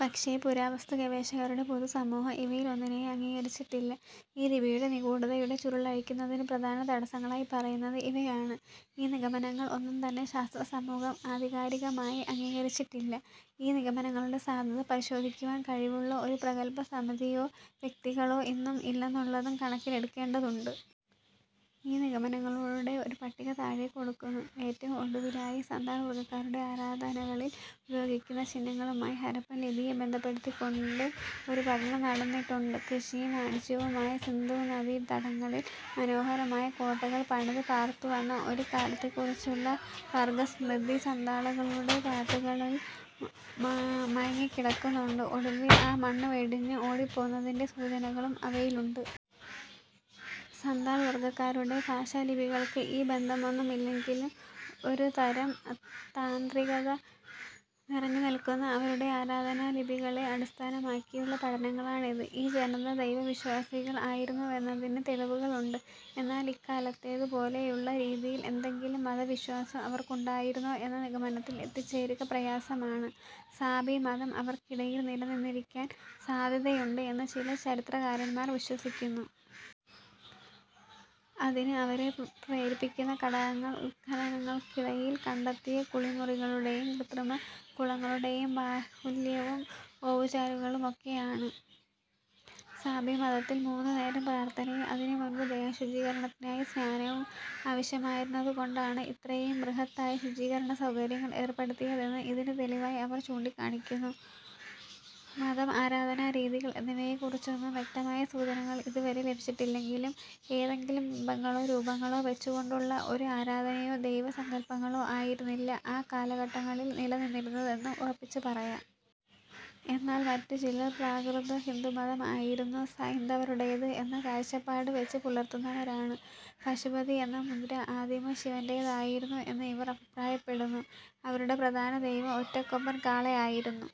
പക്ഷേ പുരാവസ്തുഗവേഷകരുടെ പൊതുസമൂഹം ഇവയിൽ ഒന്നിനെയും അംഗീകരിച്ചിട്ടില്ല. ഈ ലിപിയുടെ നിഗൂഢതയുടെ ചുരുളഴിക്കുന്നതിന് പ്രധാന തടസ്സങ്ങളായി പറയുന്നത് ഇവയാണ്: ഈ നിഗമനങ്ങൾ ഒന്നും തന്നെ ശാസ്ത്രസമൂഹം ആധികാരികമായി അംഗീകരിച്ചിട്ടില്ല. ഈ നിഗമനങ്ങളുടെ സാധുത പരിശോധിക്കുവാൻ കഴിവുള്ള ഒരു പ്രഗല്ഭ സമിതിയോ വ്യക്തികളോ ഇന്നും ഇല്ലെന്നുള്ളതും കണക്കിലെടുക്കേണ്ടതുണ്ട്. ഈ നിഗമനങ്ങളുടെ ഒരു പട്ടിക താഴെ കൊടുക്കുന്നു. ഏറ്റവും ഒടുവിലായി സാന്താൾവർഗ്ഗക്കാരുടെ ആരാധനകളിൽ ഉപയോഗിക്കുന്ന ചിഹ്നങ്ങളുമായി ഹരപ്പൻ ലിപിയെ ബന്ധപ്പെടുത്തിക്കൊണ്ടും ഒരു പഠനം നടന്നിട്ടുണ്ട്. കൃഷിയും വാണിജ്യവുമായി സിന്ധുനദീതടങ്ങളിൽ മനോഹരമായ കോട്ടകൾ പണിത് പാർത്തുവന്ന ഒരു കാലത്തെക്കുറിച്ചുള്ള വർഗസ്മൃതി സന്താളുകളുടെ പാട്ടുകളിൽ മയങ്ങിക്കിടക്കുന്നുണ്ട്. ഒടുവിൽ ആ മണ്ണ് വെടിഞ്ഞ് ഓടിപ്പോന്നതിന്റെ സൂചനകളും അവയിലുണ്ട്. സന്താൾ വർഗ്ഗക്കാരുടെ ഭാഷാലിപികൾക്ക് ഈ ബന്ധമൊന്നുമില്ലെങ്കിലും ഒരുതരം താന്ത്രികത നിറഞ്ഞുനിൽക്കുന്ന അവരുടെ ആരാധനാലിപികളെ അടിസ്ഥാനമാക്കിയുള്ള പഠനങ്ങളാണിത്. ഈ ജനത ദൈവവിശ്വാസികൾ ആയിരുന്നുവെന്നതിന് തെളിവുകളുണ്ട്. എന്നാൽ ഇക്കാലത്തേതുപോലെയുള്ള രീതിയിൽ ഏതെങ്കിലും മതവിശ്വാസം അവർക്കുണ്ടായിരുന്നോ എന്ന നിഗമനത്തിൽ എത്തിച്ചേരുക പ്രയാസമാണ്.. സാബി മതം അവർക്കിടയിൽ നിലനിന്നിരിക്കാൻ സാദ്ധ്യതയുണ്ട് എന്ന് ചില ചരിത്രകാരന്മാർ വിശ്വസിക്കുന്നു. അതിന് അവരെ പ്രേരിപ്പിക്കുന്ന ഘടകങ്ങൾ ഉത്ഖനനങ്ങൾക്കിടയിൽ കണ്ടെത്തിയ കുളിമുറികളുടേയും കൃത്രിമ കുളങ്ങളുടേയും ബാഹുല്യവും ഓവുചാലുകളുമൊക്കെയാണ്. സാബിമതത്തിൽ മൂന്നു നേരം പ്രാർത്ഥനയും അതിനു മുൻപ് ദേഹശുചീകരണത്തിനായി സ്നാനവും ആവശ്യമായിരുന്നതുകൊണ്ടാണ് ഇത്രയും ബൃഹത്തായ ശുചീകരണസൗകര്യങ്ങൾ ഏർപ്പെടുത്തിയതെന്ന് ഇതിന് തെളിവായി അവർ ചൂണ്ടിക്കാണിക്കുന്നു. മതം ആരാധനാ രീതികൾ എന്നിവയെക്കുറിച്ചൊന്നും വ്യക്തമായ സൂചനകൾ ഇതുവരെ ലഭിച്ചിട്ടില്ലെങ്കിലും ഏതെങ്കിലും ബിംബങ്ങളോ രൂപങ്ങളോ വെച്ചുകൊണ്ടുള്ള ഒരു ആരാധനയോ ദൈവ സങ്കൽപങ്ങളോ ആയിരുന്നില്ല ആ കാലഘട്ടങ്ങളിൽ നിലനിന്നിരുന്നതെന്ന് ഉറപ്പിച്ചു പറയാം. എന്നാൽ മറ്റു ചിലർ പ്രാകൃത ഹിന്ദുമതമായിരുന്നു സൈന്ധവരുടേത് എന്ന കാഴ്ചപ്പാട് വെച്ചു പുലർത്തുന്നവരാണ്.. പശുപതി എന്ന മുദ്ര ആദിമ ശിവന്റേതായിരുന്നു എന്ന് ഇവർ അഭിപ്രായപ്പെടുന്നു. അവരുടെ പ്രധാന ദൈവം ഒറ്റക്കൊമ്പൻ കാള ആയിരുന്നു